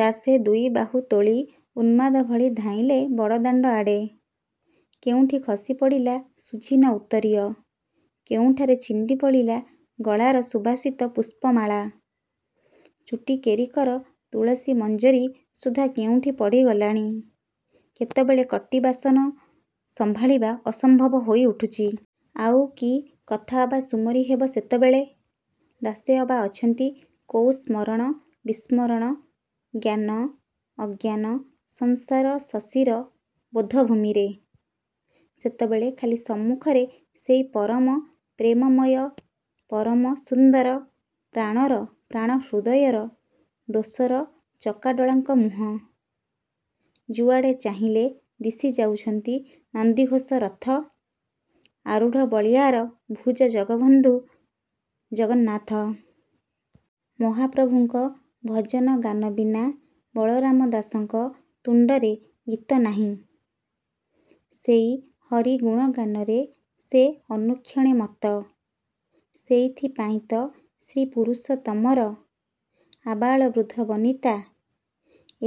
ଦାସେ ଦୁଇବାହୁ ତୋଳି ଉନ୍ମାଦ ଭଳି ଧାଇଁଲେ ବଡ଼ଦାଣ୍ଡ ଆଡ଼େ। କେଉଁଠି ଖସି ପଡ଼ିଲା ସୁଝୀନ ଉତ୍ତରୀୟ। କେଉଁଠାରେ ଛିଣ୍ଡି ପଡ଼ିଲା ଗଳାର ସୁବାସିତ ପୁଷ୍ପମାଳା। ଚୁଟି କେରିକର ତୁଳସୀ ମଞ୍ଜରୀ ସୁଦ୍ଧା କେଉଁଠି ପଡ଼ିଗଲାଣି। କେତେବେଳେ କଟି ବସନ ସମ୍ଭାଳିବା ଅସମ୍ଭବ ହୋଇ ଉଠୁଛି। ଆଉ କି କଥା ଅବା ସୁମରି ହେବ ସେତେବେଳେ? ଦାସେ ଅବା ଅଛନ୍ତି କୋଉ ସ୍ମରଣ ବିସ୍ମରଣ, ଜ୍ଞାନ, ଅଜ୍ଞାନ, ସଂସାର ଶଶୀର-ବୋଧ ଭୂମିରେ? ସେତେବେଳେ ଖାଲି ସମ୍ମୁଖରେ ସେଇ ପରମ ପ୍ରେମମୟ, ପରମ ସୁନ୍ଦର, ପ୍ରାଣର ପ୍ରାଣ ହୃଦୟର ଦୋସର ଚକାଡ଼ୋଳଙ୍କ ମୁହଁ। ଯୁଆଡ଼େ ଚାହିଁଲେ ଦିଶି ଯାଉଛନ୍ତି ନନ୍ଦିଘୋଷ ରଥ ଆରୁଢ଼ ବଳୀୟାର ଭୂଜ ଜଗବନ୍ଧୁ ଜଗନ୍ନାଥ। ମହାପ୍ରଭୁଙ୍କ ଭଜନ ଗାନ ବିନା ବଳରାମ ଦାସଙ୍କ ତୁଣ୍ଡରେ ଗୀତ ନାହିଁ। ସେଇ ହରି ଗୁଣ ଗାନରେ ସେ ଅନୁକ୍ଷଣେ ମତ୍ତ। ସେଇଥି ପାଇଁ ତ ଶ୍ରୀ ପୁରୁଷୋତ୍ତମର, ଆବାଳ ବୃଦ୍ଧ ବନିତା,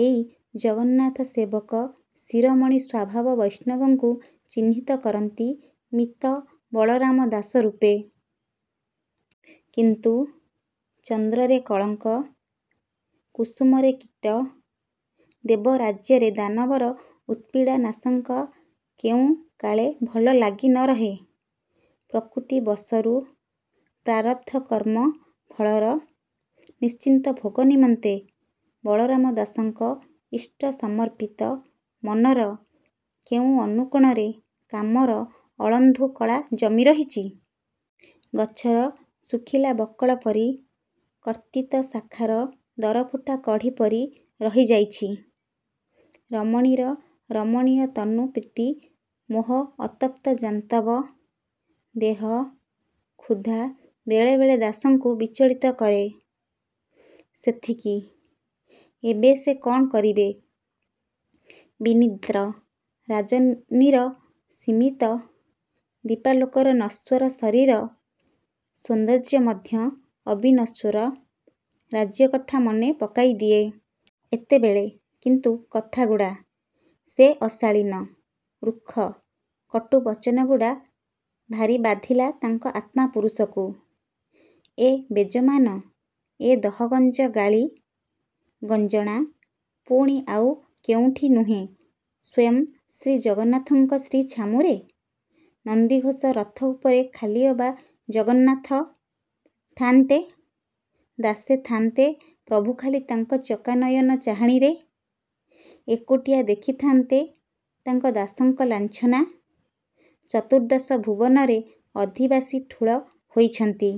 ଏଇ ଜଗନ୍ନାଥ ସେବକ ଶିରୋମଣି ସ୍ୱଭାବ ବୈଷ୍ଣବଙ୍କୁ ଚିହ୍ନିତ କରନ୍ତି ମିତ୍ତ ବଳରାମ ଦାସ ରୂପେ। କିନ୍ତୁ- ଚନ୍ଦ୍ରରେ କଳଙ୍କ, କୁସୁମରେ କୀଟ, ଦେବ ରାଜ୍ୟରେ ଦାନବର ଉତ୍ପୀଡ଼ନାଶଙ୍କା କେଉଁ କାଳେ ଭଲା ଲାଗି ନ ରହେ। ପ୍ରକୃତିବଶରୁ, ପ୍ରାରବ୍ଧ କର୍ମ ଫଳର, ନିଶ୍ଚିତ ଭୋଗ ନିମନ୍ତେ, ବଳରାମ ଦାସଙ୍କ ଇଷ୍ଟ ସମର୍ପିତ ମନର କେଉଁ ଅନୁକୋଣରେ କାମର ଅଳନ୍ଧୁ କଳା ଜମି ରହିଛି। ଗଛର ଶୁଖିଲା ବକଳ ପରି, କର୍ତ୍ତିତ ଶାଖାର ଦରଫୁଟା କଢ଼ି ପରି ରହି ଯାଇଛି। ରମଣୀର ରମଣୀୟ ତନୁ ପ୍ରୀତି ମୋହ ଅତପ୍ତ ଜାନ୍ତବ ଦେହ-କ୍ଷୁଧା ବେଳେବେଳେ ଦାସଙ୍କୁ ବିଚଳିତ କରେ। ସେଥିକି, ଏବେ ସେ କ'ଣ କରିବେ? ବିନିଦ୍ର ରଜନୀର ସ୍ତିମୀତ ଦୀପାଲୋକରେ ନଶ୍ୱର ଶରୀର ସୌନ୍ଦର୍ଯ୍ୟ ମଧ୍ୟ ଅବିନଶ୍ୱର ରାଜ୍ୟ କଥା ମନେ ପକେଇ ଦିଏ। ଏତେବେଳେ କିନ୍ତୁ କଥାଗୁଡ଼ା, ସେ ଅଶାଳୀନ, ରୁକ୍ଷ, କଟୁ ବଚନ ଗୁଡ଼ା, ଭାରି ବାଧିଲା ତାଙ୍କ ଆତ୍ମା ପୁରୁଷକୁ। ଏ ବେଜମାନ, ଏ ଦହଗଞ୍ଜ ଗାଳି, ଗଞ୍ଜଣା, ପୁଣି ଆଉ କେଉଁଠି ନୁହେଁ ସ୍ୱୟଂ ଶ୍ରୀ ଜଗନ୍ନାଥଙ୍କ ଶ୍ରୀ ଛାମୁରେ। ନନ୍ଦିଘୋଷ ରଥ ଉପରେ ଖାଲି ଅବା ଜଗନ୍ନାଥ, ଥାଆନ୍ତେ, ଦାସେ ଥଆନ୍ତେ ପ୍ରଭୁ ଖାଲି ତାଙ୍କ ଚକା ନୟନ ଚାହାଣିରେ, ଏକୁଟିଆ ଦେଖି ଥାଆନ୍ତେ ଦାସଙ୍କ ଲାଞ୍ଛନା। ଚତୁର୍ଦ୍ଦଶ ଭୁବନର ଅଧିବାସୀ ଠୁଳ ହୋଇଛନ୍ତି।